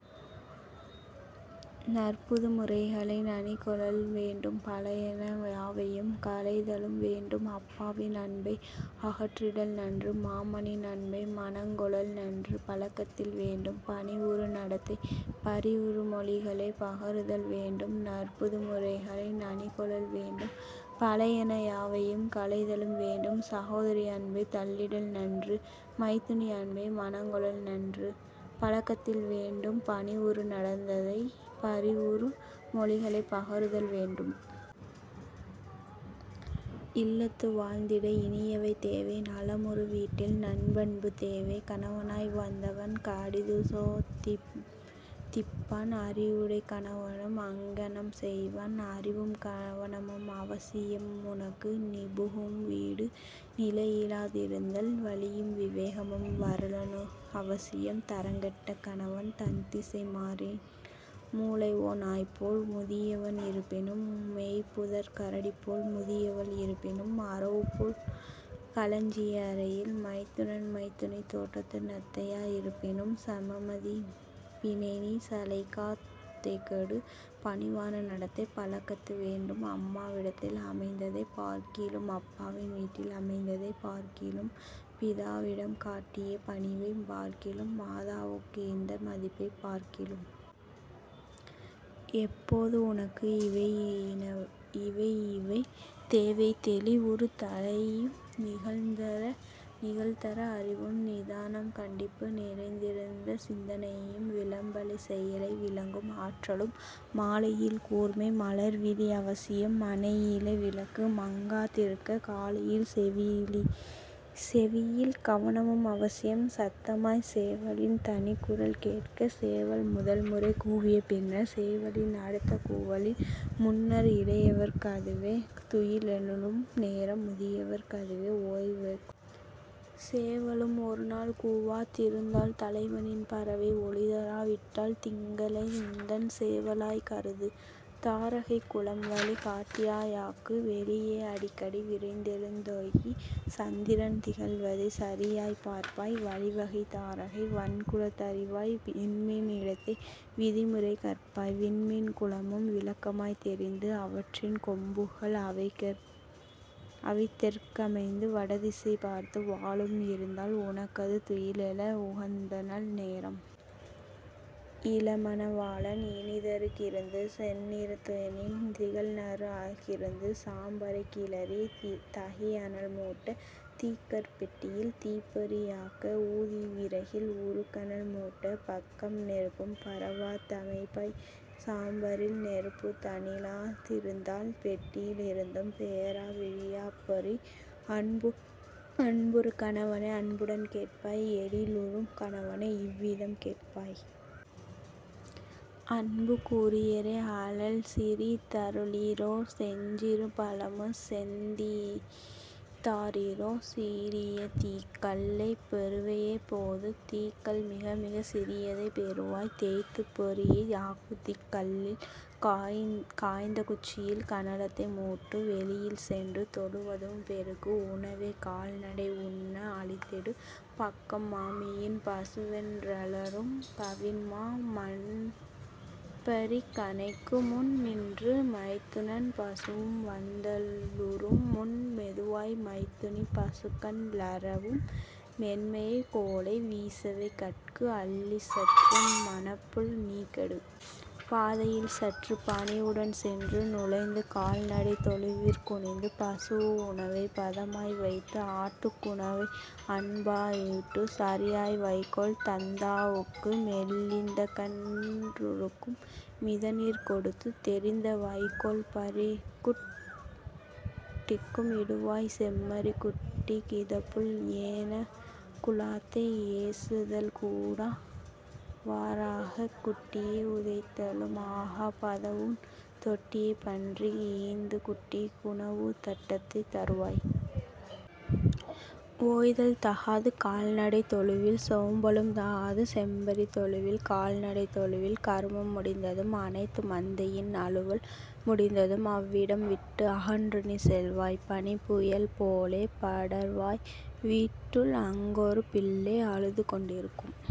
நற்புது முறைகளை நனிகொளல் வேண்டும் பழையன யாவையும் களைதலும் வேண்டும் அப்பாவின் அன்பை அகற்றிடல் நன்று மாமனின் அன்பை மனங்கொளல் நன்று பழக்கத்தில் வேண்டும் பணிவுறு நடத்தை பரிவுறு மொழிகளைப் பகருதல் வேண்டும். நற்புது முறைகளை நனிகொளல் வேண்டும் பழையன யாவையும் களைதலும் வேண்டும் சகோதரி அன்பைத் தள்ளிடல் நன்று மைத்துனி அன்பை மனங்கொளல் நன்று பழக்கத்தில் வேண்டும் பணிவுறு நடத்தை பரிவுறு மொழிகளைப் பகருதல் வேண்டும். இல்லத்து வாழ்ந்திட இனியவை தேவை நலமுறு வீட்டில் நன்பண்பு தேவை கணவனாய் வந்தவன் கடிதுசோ திப்பான் அறிவுடைக் கணவனும் அங்ஙனம் செய்வான். அறிவும் கவனமும் அவசியம் உனக்கு நீபுகும் வீடு நிலையிலா திருந்தால் வலியும் விவேகமும் வரனுலக் அவசியம் தரங்கெட்ட கணவன் தன்திசை மாறின். மூலைஓ நாய்போல் முதியவன் இருப்பினும் மொய்புதர்க் கரடிபோல் முதியவள் இருப்பினும் அரவுபோல் களஞ்சிய அறையில் மைத்துனன் மைத்துனி தோட்டத்து நத்தையா யிருப்பினும் சமமதிப் பினைநீ சளைக்கா தேகொடு பணிவான நடத்தை பழக்கத்து வேண்டும் அம்மா விடத்தில் அமைந்ததைப் பார்க்கிலும் அப்பாவின் வீட்டில் அமைந்ததைப் பார்க்கிலும் பிதாவிடம் காட்டிய பணிவைப் பார்க்கிலும் மாதாவுக் கீந்த மதிப்பைப் பார்க்கிலும். எப்போது உனக்கு இவையிவை தேவை தெளிவுறு தலையும் திகழ்தர அறிவும் நிதானம் கண்டிப்பு நிறைந்தசிந் தனையும் விளம்பலைச் செயலை விளங்கும் ஆற்றலும். மாலையில் கூர்மை மலர்விழிக் அவசியம் மனையிலே விளக்கு மங்கா திருக்க காலையில் செவியில் கவனமும் அவசியம் சத்தமாய்ச் சேவலின் தனிக்குரல் கேட்க. சேவல் முதல்முறை கூவிய பின்னர் சேவலின் அடுத்த கூவலின் முன்னர் இளையவர்க் கதுவே துயிலெழும் நேரம் முதியவர்க் கதுவே ஓய்வுகொள் நேரம். சேவலும் ஒருநாள் கூவா திருந்தால் தலைவனின் பறவை ஒலிதரா விட்டால் திங்களை உந்தன் சேவலாய்க் கருது தாரகைக் குலம்வழி காட்டியா யாக்கு. வெளியே அடிக்கடி விரைந்தெழுந் தேகி சந்திரன் திகழ்வதைச் சரியாய்ப் பார்ப்பாய் வழிவகை தாரகை வண்குலத் தறிவாய் விண்மீ னிடத்தே விதிமுறை கற்பாய். விண்மீன் குலமும் விளக்கமாய்த் தெரிந்து அவற்றின் கொம்புகள் அவைதெற் கமைந்து வடதிசை பார்த்து வாலும் இருந்தால் உனக்கது துயிலெழ உகந்தநல் நேரம். இளமண வாளன் இனிதரு கிருந்து செந்நிறத் தோனின் திகழ்அரு கிருந்து சாம்பரைக் கிளறித் தகிஅனல் மூட்ட தீக்கற் பெட்டியில் தீப்பொறி யாக்க ஊதி விறகில் உறுகனல் மூட்ட பக்கம் நெருப்பும் பரவா தமைப்பாய். சாம்பரில் நெருப்புத் தானிலா திருந்தால் பெட்டியி லிருந்தும் பெயரா விடிற்பொறி அன்புறு கணவனை அன்புடன் கேட்பாய் எழிலுறும் கணவனை இவ்விதம் கேட்பாய். அன்புக் உரியரே அழல்சிறி தருளிரோ செஞ்சிறு பழமே செந்தீ தாரிரோ. சிறியதீக் கல்லைப் பெறுவையப் போது தீக்கல் மிகமிகச் சிறியதைப் பெறுவாய் தேய்த்துப் பொறியை ஆக்குதீக் கல்லில் காய்ந்த குச்சியில் கனலதை மூட்டு. வெளியில் சென்று தொழுவதும் பெருக்கு உணவைக் கால்நடை உண்ண அளித்திடு. பக்கம் மாமியின் பசுவொன் றலறும் கவின்மா மன்பரி கனைக்குமுன் னின்று மைத்துனன் பசுவும் வந்த லறும்முன் மெதுவாய் மைத்துனி பசுக்கன் றலறும் மென்மைவைக் கோலை வீசவை கட்கு அள்ளிச் சற்றே மணப்புல் நீகொடு. பாதையில் சற்றுப் பணிவுடன் சென்று நுழைந்து கால்நடைத் தொழுவிற் குனிந்து பசுவுக் உணவைப் பதமாய் வைத்து ஆட்டுக் குணவை அன்பா யூட்டு. சரியாய் வைக்கோல் தந்தா வுக்கு மெலிந்தகன் றுக்கும் மிதநீர் கொடுத்து தெரிந்த வைக்கோல் பரிக்குட் டிக்கும் இடுவாய் செம்மறிக் குட்டிக் கிதப்புல். ஏனக் குழாத்தை ஏசுதல் கூடா வராகக் குட்டியை உதைத்தலும் ஆகா பதவூண் தொட்டியைப் பன்றிக் ஈந்து குட்டிக் குணவுத் தட்டத்தைத் தருவாய். ஓய்தல் தகாது கால்நடைத் தொழுவில் சோம்பலும் தகாது செம்மறித் தொழுவில் கால்நடைத் தொழுவில் கருமம் முடிந்ததும் அனைத்து மந்தையின் அலுவல் முடிந்ததும் அவ்விடம் விட்டு அகன்றுநீ செல்வாய் பனிப்புயல் போலே படர்வாய் வீட்டுள் அங்கொரு பிள்ளை அழுதுகொண் டிருக்கும்.